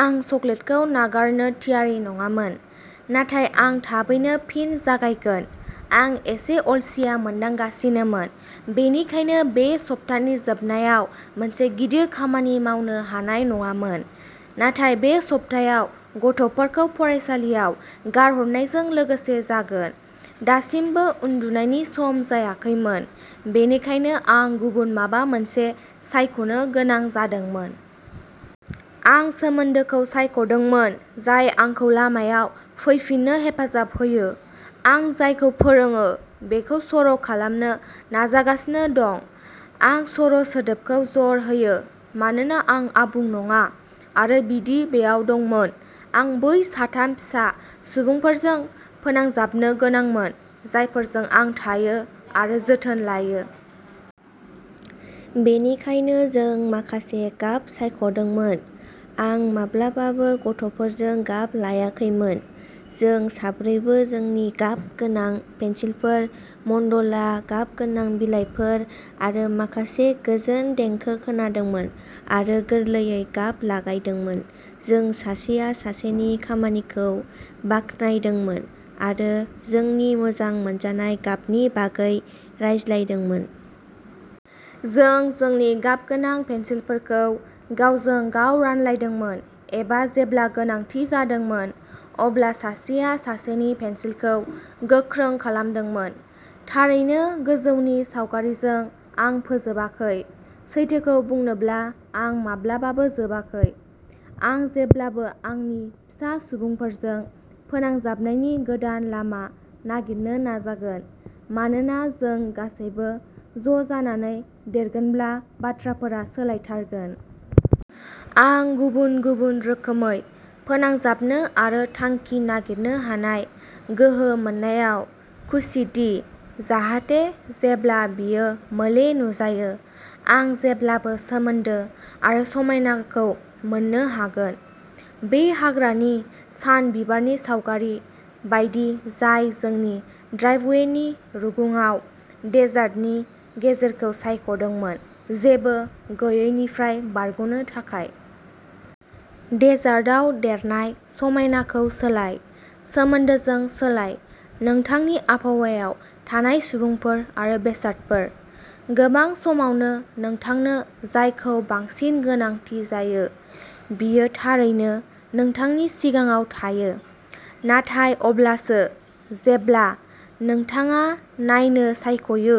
आं चकलेटखौ नागारनो थियारि नङामोन, नाथाय आं थाबैनो फिन जागायगोन। आं एसे अलसिया मोनदांगासिनोमोन, बेनिखायनो बे सप्तानि जोबनायाव मोनसे गिदिर खामानि मावनो हानाय नङामोन, नाथाय बे सब्थायाव गथ'फोरखौ फरायसालियाव गारहरनायजों लोगोसे जागोन। दासिमबो उन्दुनायनि सम जायाखैमोन, बेनिखायनो आं गुबुन माबा मोनसे सायख'नो गोनां जादोंमोन। आं सोमोन्दोखौ सायख'दोंमोन, जाय आंखौ लामायाव फैफिननो हेफाजाब होयो। आं जायखौ फोरोङो बेखौ सर'खालामनो नाजागासिनो दं। आं सर'सोदोबखौ जर होयो, मानोना आं आबुं नङा। आरो बिदि, बेयो दंमोन। आं बै साथाम फिसा सुबुंफोरजों फोनांजाबनो गोनांमोन जायफोरजों आं थायो आरो जोथोन लायो। बेनिखायनो जों माखासे गाब सायख'दोंमोन। आं माब्लाबाबो गथ'फोरजों गाब लायाखैमोन। जों साब्रैबो जोंनि गाबगोनां पेन्सिलफोर, मन्डला गाबगोनां बिलाइफोर आरो माखासे गोजोन देंखो खोनादोंमोन आरो गोरलैयै गाब लागायदोंमोन। जों सासेया सासेनि खामानिखौ बाख्नायदोंमोन आरो जोंनि मोजां मोनजानाय गाबनि बागै रायज्लायदोंमोन। जों जोंनि गाबगोनां पेन्सिलफोरखौ गावजों गाव रानलायदोंमोन एबा जेब्ला गोनांथि जादोंमोन अब्ला सासेया सासेनि पेन्सिलखौ गोख्रों खालामदोंमोन। थारैनो, गोजौनि सावगारिजों, आं फोजोबाखै। सैथोखौ बुंनोब्ला, आं माब्लाबाबो जोबाखै। आं जेब्लाबो आंनि फिसा सुबुंफोरजों फोनांजाबनायनि गोदान लामा नागिरनो नाजागोन, मानोना जों गासैबो ज'जानानै देरगोनब्ला, बाथ्राफोरा सोलायथारगोन। आं गुबुन-गुबुन रोखोमै फोनांजाबनो आरो थांखि नागिरनो हानाय गोहो मोननायाव खुसिदि जाहाथे जेब्ला बेयो मोले नुजायो, आं जेब्लाबो सोमोन्दो आरो समायनाखौ मोन्नो हागोन। बे हाग्रानि सानबिबारनि सावगारि बायदि जाय जोंनि ड्राइभवेनि रुगुङाव डेजार्टनि गेजेरखौ सायख'दोंमोन, जेबो गैयैनिफ्राय बारनो थाखाय। डेजार्टआव देरनाय समायनाखौ सोलाय। सोमोन्दोजों सोलाय। नोंथांनि आबहावायाव थानाय सुबुंफोर आरो बेसादफोर। गोबां समावनो नोंथांनो जायखौ बांसिन गोनांथि जायो बेयो थारैनो नोंथांनि सिगाङाव थायो, नाथाय अब्लासो जेब्ला नोंथाङा नायनो सायख'यो।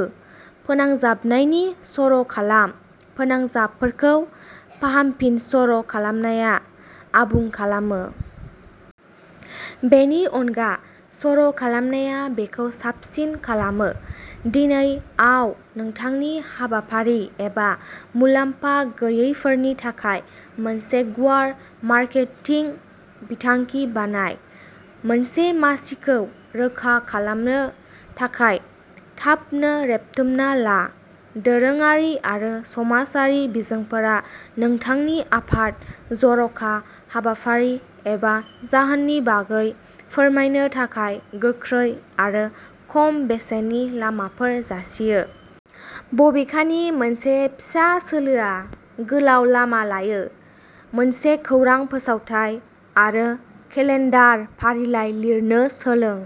फोनांजाबनायनि सर'खालाम। फोनांजाबफोरखौ फाहामफिनसर'खालामनाया आबुं खालामो। बेनि अनगा, सर'खालामनाया बेखौ साबसिन खालामो। दिनै आव नोंथांनि हाबाफारि एबा मुलाम्फा गैयैफोरनि थाखाय मोनसे गुवार मार्केटिं बिथांखि बानाय। मोनसे मासिखौ रोखा खालामनो थाखाय थाबनो रेबथुमना ला! दोरोङारि आरो समाजारि बिजोंफोरा नोंथांनि आफाद, जर'खा हाबाफारि, एबा जाहोननि बागै फोरमायनो थाखाय गोख्रै आरो खम बेसेननि लामाफोर जासियो। बबेखानि, मोनसे फिसा सोलोआ गोलाव लामा लायो। मोनसे खौरां फोसावथाइ आरो केलेन्डार फारिलाइ लिरनो सोलों।